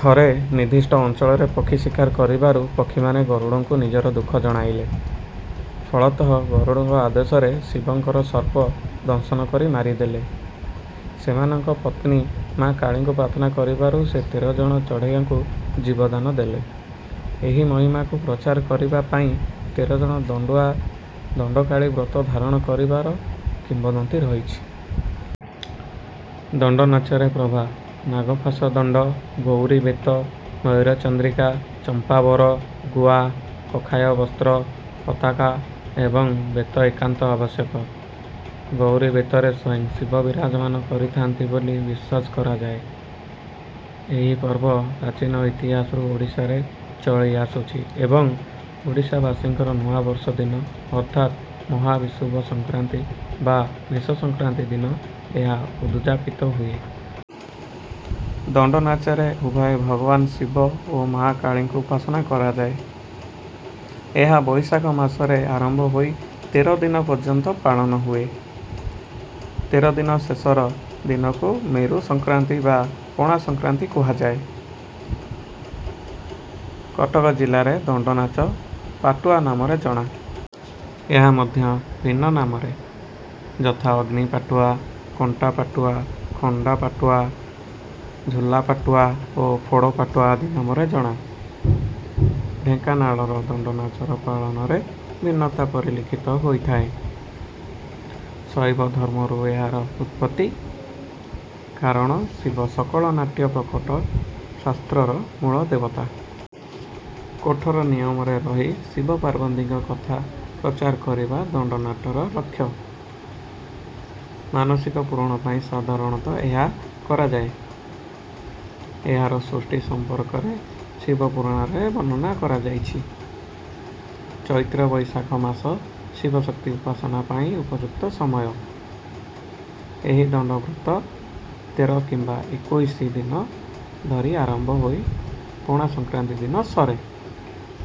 ଥରେ ନିର୍ଦ୍ଧିଷ୍ଟ ଅଞ୍ଚଳରେ ପକ୍ଷୀ ଶିକାର କରିବାରୁ ପକ୍ଷୀମାନେ ଗରୁଡ଼ଙ୍କୁ ନିଜର ଦୁଃଖ ଜଣାଇଲେ। ଫଳତଃ ଗରୁଡ଼ଙ୍କ ଆଦେଶରେ ଶିବଙ୍କର ସର୍ପ ଦଂଶନ କରି ମାରିଦେଲେ। ସେମାନଙ୍କ ପତ୍ନୀ ମାଆ କାଳୀଙ୍କୁ ପ୍ରାର୍ଥନା କରିବାରୁ ସେ ତେର ଜଣ ଚଢ଼େୟାଙ୍କୁ ଜୀବଦାନ ଦେଲେ। ଏହି ମହିମାକୁ ପ୍ରଚାର କରିବା ପାଇଁ ତେର ଜଣ ଦଣ୍ଡୁଆ ଦଣ୍ଡକାଳୀ ବ୍ରତ ଧାରଣ କରିବାର କିମ୍ବଦନ୍ତୀ ରହିଅଛି। ଦଣ୍ଡନାଚରେ ପ୍ରଭା ନାଗ ଫାସ ଦଣ୍ଡ ଗୌରୀବେତ ମୟୂରଚନ୍ଦ୍ରିକା ଚମ୍ପାବର ଗୁଆ କଖାୟବସ୍ତ୍ର ପତାକା ଏବଂ ବେତ ଏକାନ୍ତ ଆବଶ୍ୟକ। ଗୌରୀବେତରେ ସ୍ୱୟଂ ଶିବ ବିରାଜମାନ କରିଥାନ୍ତି ବୋଲି ବିଶ୍ୱାସ କରାଯାଏ। ଏହି ପର୍ବ ପ୍ରାଚୀନ ଇତିହାସରୁ ଓଡ଼ିଶାରେ ଚଳି ଆସୁଛି ଏବଂ ଓଡ଼ିଶାବାସୀଙ୍କର ନୂଆ ବର୍ଷ ଦିନ ଅର୍ଥାତ୍ ମହାବିଷୁବ ସଂକ୍ରାନ୍ତି ବା ମେଷ ସଂକ୍ରାନ୍ତି ଦିନ ଏହା ଉଦ୍ ଯାପିତ ହୁଏ। ଦଣ୍ଡନାଚରେ ଉଭୟ ଭଗବାନ ଶିବ ଓ ମାଆ କାଳୀଙ୍କୁ ଉପାସନା କରାଯାଏ। ଏହା ବୈଶାଖ ମାସରେ ଆରମ୍ଭ ହୋଇ ତେର ଦିନ ପର୍ଯ୍ୟନ୍ତ ପାଳନ ହୁଏ। ତେର ଦିନ ଶେଷର ଦିନକୁ ମେରୁ ସଂକ୍ରାନ୍ତି ବା ପଣା ସଂକ୍ରାନ୍ତି କୁହାଯାଏ। କଟକ ଜିଲ୍ଲାରେ ଦଣ୍ଡନାଚ ପାଟୁଆ ନାମରେ ଜଣା। ଏହା ମଧ୍ୟ ଭିନ୍ନ ନାମରେ ଯଥା ଅଗ୍ନି ପାଟୁଆ କଣ୍ଟାପାଟୁଆ ଖଣ୍ଡା ପାଟୁଆ ଝୁଲା ପାଟୁଆ ଓ ଫୋଡ଼ ପାଟୁଆ ଆଦି ନାମରେ ଜଣା। ଢେଙ୍କାନାଳର ଦଣ୍ଡନାଚର ପାଳନରେ ଭିନ୍ନତା ପରିଲକ୍ଷିତ ହୋଇଥାଏ। ଶୈବ ଧର୍ମରୁ ଏହାର ଉତ୍ପତ୍ତି। କାରଣ ଶିବ ସକଳ ନାଟ୍ୟପ୍ରକଟ ଶାସ୍ତ୍ରର ମୂଳ ଦେବତା। କଠୋର ନିୟମରେ ରହି ଶିବ ପାର୍ବତୀଙ୍କ କଥା ପ୍ରଚାର କରିବା ଦଣ୍ଡନାଟର ଲକ୍ଷ୍ୟ। ମାନସିକ ପୂରଣ ପାଇଁ ସାଧାରଣତଃ ଏହା କରାଯାଏ। ଏହାର ସୃଷ୍ଟି ସମ୍ପର୍କରେ ଶିବ ପୁରାଣରେ ବର୍ଣ୍ଣନା କରାଯାଇଛି। ଚୈତ୍ର ବୈଶାଖ ମାସ ଶିବଶକ୍ତି ଉପାସନା ପାଇଁ ଉପଯୁକ୍ତ ସମୟ। ଏହି ଦଣ୍ଡବ୍ରତ ତେର କିମ୍ବା ଏକୋଇଶି ଦିନ ଧରି ଆରମ୍ଭ ହୋଇ ପଣା ସଂକ୍ରାନ୍ତି ଦିନ ସରେ।